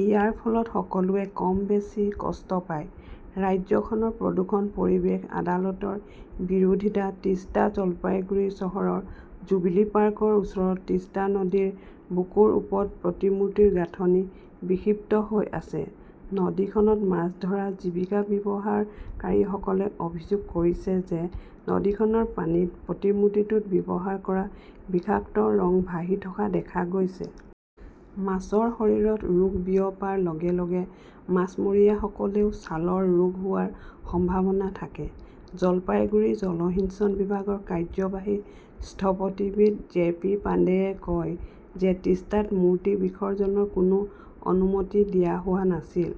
ইয়াৰ ফলত সকলোৱে কম বেছি কষ্ট পায়। "। ৰাজ্যখনৰ প্ৰদূষণ-পৰিৱেশ আদালতৰ বিৰোধিতা তিষ্টা জলপাইগুৰি চহৰৰ জুবিলি পাৰ্কৰ ওচৰৰ তিষ্টা নদীৰ বুকুৰ ওপৰত প্ৰতিমূৰ্তিৰ গাঁথনি বিক্ষিপ্ত হৈ আছে। নদীখনত মাছ ধৰা জীৱিকা ব্যৱহাৰকাৰীসকলে অভিযোগ কৰিছে যে নদীখনৰ পানীত প্ৰতিমূৰ্তিটোত ব্যৱহাৰ কৰা বিষাক্ত ৰং ভাহি থকা দেখা গৈছে। মাছৰ শৰীৰত ৰোগ বিয়পাৰ লগে লগে মাছমৰীয়াসকলেও ছালৰ ৰোগ হোৱাৰ সম্ভাৱনা থাকে। জলপাইগুৰি জলসিঞ্চন বিভাগৰ কাৰ্যবাহী স্থপতিবিদ জে পি পাণ্ডেয়ে কয় যে তিষ্টাত মূৰ্তি বিসৰ্জনৰ কোনো অনুমতি দিয়া হোৱা নাছিল।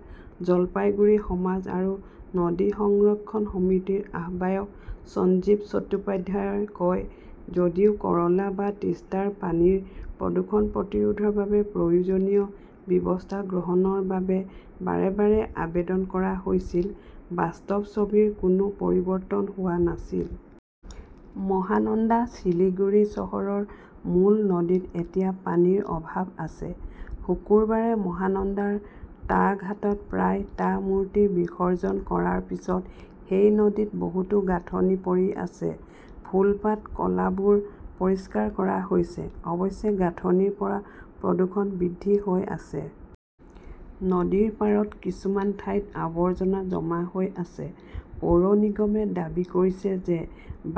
জলপাইগুৰি সমাজ আৰু নদী সংৰক্ষণ সমিতিৰ আহ্বায়ক সঞ্জীৱ চট্টোপাধ্যায়ই কয়, "যদিও কৰলা আৰু তিষ্টাৰ পানীৰ প্ৰদূষণ প্ৰতিৰোধৰ বাবে প্ৰয়োজনীয় ব্যৱস্থা গ্ৰহণৰ বাবে বাৰে বাৰে আবেদন কৰা হৈছিল, বাস্তৱ ছবিৰ কোনো পৰিৱৰ্তন হোৱা নাছিল। মহানন্দা শিলিগুৰি চহৰৰ মূল নদীত এতিয়া পানীৰ অভাৱ আছে। শুকুৰবাৰে মহানন্দাৰ টা ঘাটত প্ৰায় টা মূৰ্তি বিসৰ্জন কৰাৰ পিছত সেই নদীত বহুতো গাঁথনি পৰি আছে। ফুল-পাত, কলাবোৰ পৰিষ্কাৰ কৰা হৈছে। অৱশ্যে, গাঁথনিৰ পৰা প্ৰদূষণ বৃদ্ধি হৈ আছে। নদীৰ পাৰত কিছুমান ঠাইত আৱৰ্জনা জমা হৈ আছে। পৌৰ নিগমে দাবী কৰিছে যে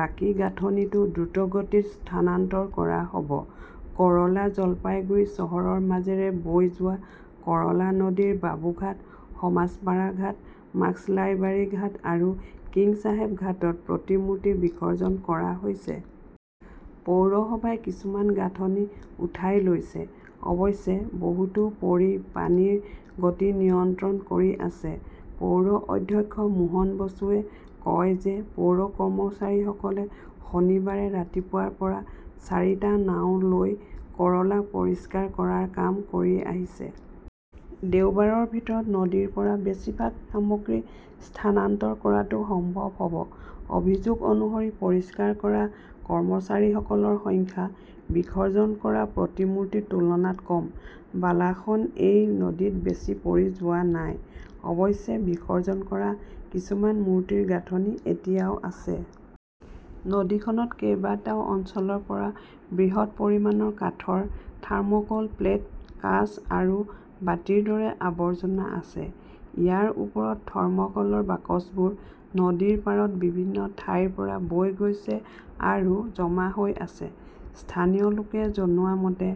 বাকী গাঁথনিটো দ্ৰুতগতিত স্থানান্তৰ কৰা হ 'ব। কৰলা জলপাইগুৰি চহৰৰ মাজেৰে বৈ যোৱা কৰলা নদীৰ বাবুঘাট, সমাজ পাৰা ঘাট, মাস্কলাইবাৰী ঘাট আৰু কিংছাহেব ঘাটত প্ৰতিমূৰ্তি বিসৰ্জন কৰা হৈছে। পৌৰসভাই কিছুমান গাঁথনি উঠাই লৈছে। অৱশ্যে, বহুতো পৰি পানীৰ গতি নিয়ন্ত্ৰণ কৰি আছে। পৌৰ অধ্যক্ষ মোহন বসুৱে কয় যে পৌৰ কৰ্মচাৰীসকলে শনিবাৰে ৰাতিপুৱাৰ পৰা চাৰিটা নাও লৈ কৰলা পৰিষ্কাৰ কৰাৰ কাম কৰি আহিছে। দেওবাৰৰ ভিতৰত নদীৰ পৰা বেছিভাগ সামগ্ৰী স্থানান্তৰ কৰাটো সম্ভৱ হ 'ব। অভিযোগ অনুসৰি পৰিষ্কাৰ কৰা কৰ্মচাৰীসকলৰ সংখ্যা বিসৰ্জন কৰা প্ৰতিমূৰ্তিৰ তুলনাত কম। বালাসন এই নদীত বেছি পৰি যোৱা নাই। অৱশ্যে, বিসৰ্জন কৰা কিছুমান মূৰ্তিৰ গাঁথনি এতিয়াও আছে। নদীখনত কেইবাটাও অঞ্চলৰ পৰা বৃহৎ পৰিমাণৰ কাঠৰ থাৰ্ম "কল প্লেট, কাঁচ আৰু বাটিৰ দৰে আৱৰ্জনা আছে। ইয়াৰ ওপৰত থৰ্ম "কলৰ বাকচবোৰ নদীৰ পাৰত বিভিন্ন ঠাইৰ পৰা বৈ গৈছে আৰু জমা হৈ আছে। স্থানীয় লোকে জনোৱা মতে,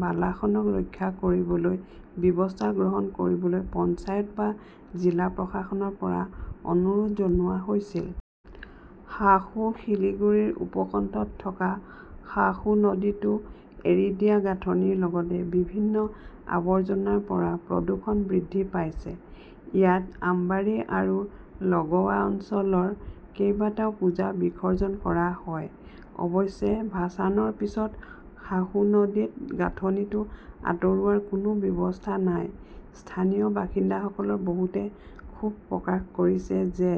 বালাসনক ৰক্ষা কৰিবলৈ ব্যৱস্থা গ্ৰহণ কৰিবলৈ পঞ্চায়ত বা জিলা প্ৰশাসনৰ পৰা অনুৰোধ জনোৱা হৈছিল। সাহু শিলিগুৰিৰ উপকণ্ঠত থকা সাহু নদীতো এৰি দিয়া গাঁথনিৰ লগতে বিভিন্ন আৱৰ্জনাৰ পৰা প্ৰদূষণ বৃদ্ধি পাইছে। ইয়াত আম্বাৰী আৰু লগৱা অঞ্চলৰ কেইবাটাও পূজা বিসৰ্জন কৰা হয়। অৱশ্যে, ভাসানৰ পিছত সাহু নদীত গাঁথনিটো আঁতৰোৱাৰ কোনো ব্যৱস্থা নাই। স্থানীয় বাসিন্দাসকলৰ বহুতে ক্ষোভ প্ৰকাশ কৰিছে যে